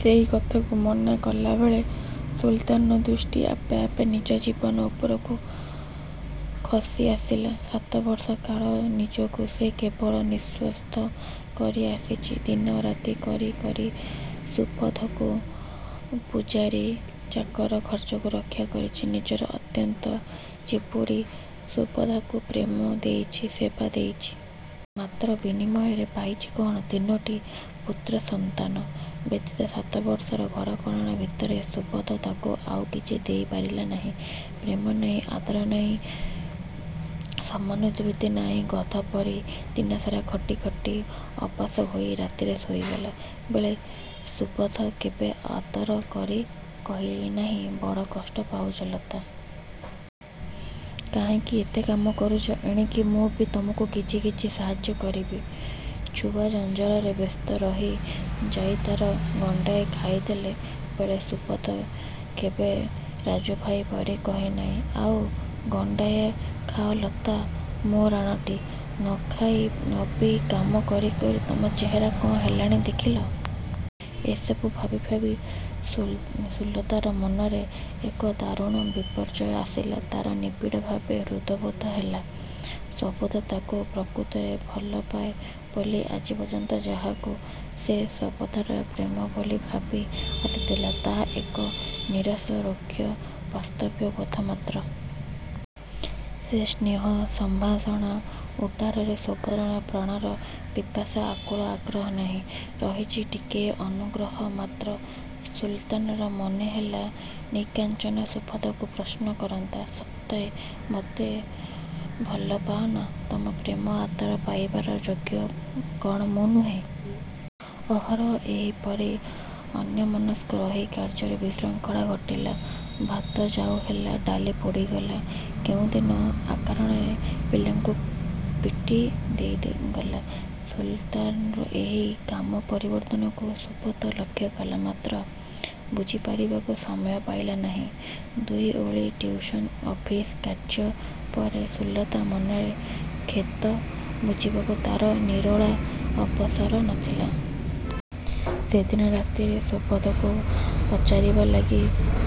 ସେଇ କଥାକୁ ମନେ କଲାବେଳେ ସୁଲତାନର ଦୃଷ୍ଟି ଆପେ ଆପେ ନିଜ ଜୀବନ ଉପରକୁ ଖସି ଆସିଲା, ସାତବର୍ଷ କାଳ ନିଜକୁ ସେ କେବଳ ନିଶ୍ଵସ୍ତ କରି ଆସିଚି। ଦିନରାତି କରି କରି ସୁବୋଧକୁ ପୁଝାରୀ ଚାକର ଖର୍ଚ୍ଚରୁ ରକ୍ଷା କରିଚି। ନିଜର ଅତ୍ୟନ୍ତ ଚିପୁଡ଼ି ସୁବୋଧକୁ ପ୍ରେମ ଦେଇଛି, ସେବା ଦେଇଛି। ମାତ୍ର ବିନିମୟରେ ପାଇଛି କ'ଣ? ତିନୋଟି ପୁତ୍ରସନ୍ତାନ ବ୍ୟତୀତ ସାତବର୍ଷର ଘରକରଣା ଭିତରେ ସୁବୋଧ ତାକୁ ଆଉ କିଛି ଦେଇ ପାରିନାହିଁ। ପ୍ରେମ ନାହିଁ, ଆଦର ନାହିଁ, ସମନୁଭୂତି ନାହିଁ। ଗଧ ପରି ଦିନସାରା ଖଟି ଖଟି ଅବଶ ହୋଇ ରାତିରେ ଶୋଇଗଲା ବେଳେ ସୁବୋଧ କେବେ ଆଦର କରି କହିଲିନାହିଁ, "ବଡ଼ କଷ୍ଟ ପାଉଚ ଲତା। କାହିଁକି ଏତେ କାମ କରୁଚ? ଏଣିକି ମୁଁ ବି ତମକୁ କିଛି କିଛି ସାହାଯ୍ୟ କରିବି। "ଛୁଆ ଜଞ୍ଜାଳରେ ବ୍ୟସ୍ତ ରହି ଯାଇତାଇ ଗଣ୍ଡାଏ ଖାଇଦେଲା ବେଳେ ସୁବୋଧ କେବେ ରାଜୁଭାଇ ପରି କହିନାହିଁ, "ଆଉ ଗଣ୍ଡିଏ ଖାଅ ଲତା, ମୋ' ରାଣଟି। ନଖାଇ ନପିଇ ଖାଲି କାମ କରି କରି ତମ ଚେହେରା କ'ଣ ହେଲାଣି ଦେଖିଲ। "ଏଇସବୁ ଭାବି ଭାବି ସୁଲତାର ମନରେ ଏକ ଦାରୁଣ ବିପର୍ଯ୍ୟୟ ଆସିଲା। ତାର ନିବିଡ଼ ଭାବେ ହୃଦବୋଧ ହେଲା, ସୁବୋଧ ତାକୁ ପ୍ରକୃତରେ ଭଲପାଏ ନାହିଁ। ଆଜି ପର୍ଯ୍ୟନ୍ତ ଯାହାକୁ ସେ ସୁବୋଧର ପ୍ରେମ ବୋଲି ଭାବି ଆସିଥିଲା ତାହା ଏକ ନୀରସ ରୁକ୍ଷ କର୍ତ୍ତବ୍ୟବୋଧ ମାତ୍ର। ସେ ସ୍ନେହ ସମ୍ଭାଷଣ ଉଟାରରେ ସୁବୋଧର ପ୍ରାଣର ପିପାସା, ଆକୁଳ ଆଗ୍ରହ ନାହିଁ। ରହିଚି ଟିକିଏ ଅନୁଗ୍ରହ ମାତ୍ର। ସୁଲତାନର ମନେହେଲା ନିକାଞ୍ଚନରେ ସୁବୋଧକୁ ପ୍ରଶ୍ନ କରନ୍ତା, "ସତେ ତମେ ମତେ ଭଲ ପାଅନା? ତମ ପ୍ରେମ ଆଦର ପାଇବାର ଯୋଗ୍ୟ କ'ଣ ମୁଁ ନୁହେଁ?" ଅହରହ ଏଇପରି ଅନ୍ୟମନସ୍କ ରହି କାର୍ଯ୍ୟରେ ବିଶୃଙ୍ଖଳା ଘଟିଲା। ଭାତ ଜାଉ ହେଲା, ଡାଲି ପୋଡ଼ିଗଲା। କେଉଁଦିନ ଆକାରଣରେ ପିଲାଙ୍କୁ ପିଟି ଦେଇ ଦେଇଗଲା। ସୁଲତାନ ର ଏହି କାମ ପରିବର୍ତ୍ତନକୁ ସୁବୋଧ ଲକ୍ଷ୍ୟକଲା। ମାତ୍ର ବୁଝି ପଚାରିବାକୁ ସମୟ ପାଇଲା ନାହିଁ। ଦୁଇ ଓଳି ଟିଉସନ ଓ ଅଫିସ କାର୍ଯ୍ୟ ପରେ ସୁଲତା ମନରେ ଖେଦ ବୁଝିବାକୁ ତାର ନିରୋଳା ଅବସର ନଥିଲା। ସେଦିନ ରାତିରେ ସୁବୋଧକୁ ପଚାରିବା ଲାଗି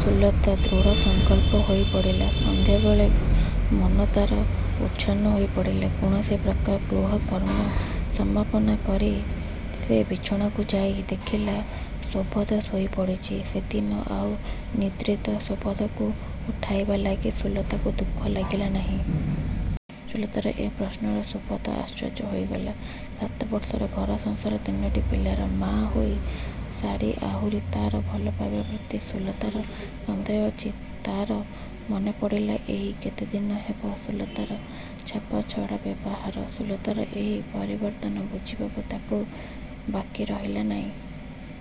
ସୁଲତା ଦୃଢ଼ସଂକଳ୍ପ ହୋଇ ପଡ଼ିଲା। ସନ୍ଧ୍ୟା ବେଳେ ମନ ତାର ଉଚ୍ଛନ୍ନ ହୋଇଉଠିଲା। କୌଣସି ପ୍ରକାର ଗୃହ କର୍ମ ସମାପନ କରି ସେ ବିଛଣାକୁ ଯାଇ ଦେଖିଲା, ସୁବୋଧ ଶୋଇଯାଇଚି। ସେଦିନ ଆଉ ନିଦ୍ରିତ ସୁବୋଧକୁ ଉଠାଇବା ଲାଗି ସୁଲତାକୁ ଦୁଃଖ ଲାଗିଲା ନାହିଁ। ସୁଲତାର ଏ ପ୍ରଶ୍ନରେ ସୁବୋଧ ଆଶ୍ଚର୍ଯ୍ୟ ହୋଇଗଲା। ସାତବର୍ଷର ଘର ସଂସାରରେ ତିନୋଟି ପିଲାର ମାଆ ହୋଇ ସାରି ଆହୁରି ତାର ଭଲପାଇବା ପ୍ରତି ସୁଲତାର ସନ୍ଦେହ ଅଛି? ତାର ମନେପଡ଼ିଲା ଏଇ କେତେଦିନ ହେବ ସୁଲତାର ଛାପଛଡ଼ା ବ୍ୟବହାର। ସୁଲତାର ଏଇ ପରିବର୍ତ୍ତନ ବୁଝିବାକୁ ତାକୁ ବାକି ରହିଲା ନାହିଁ।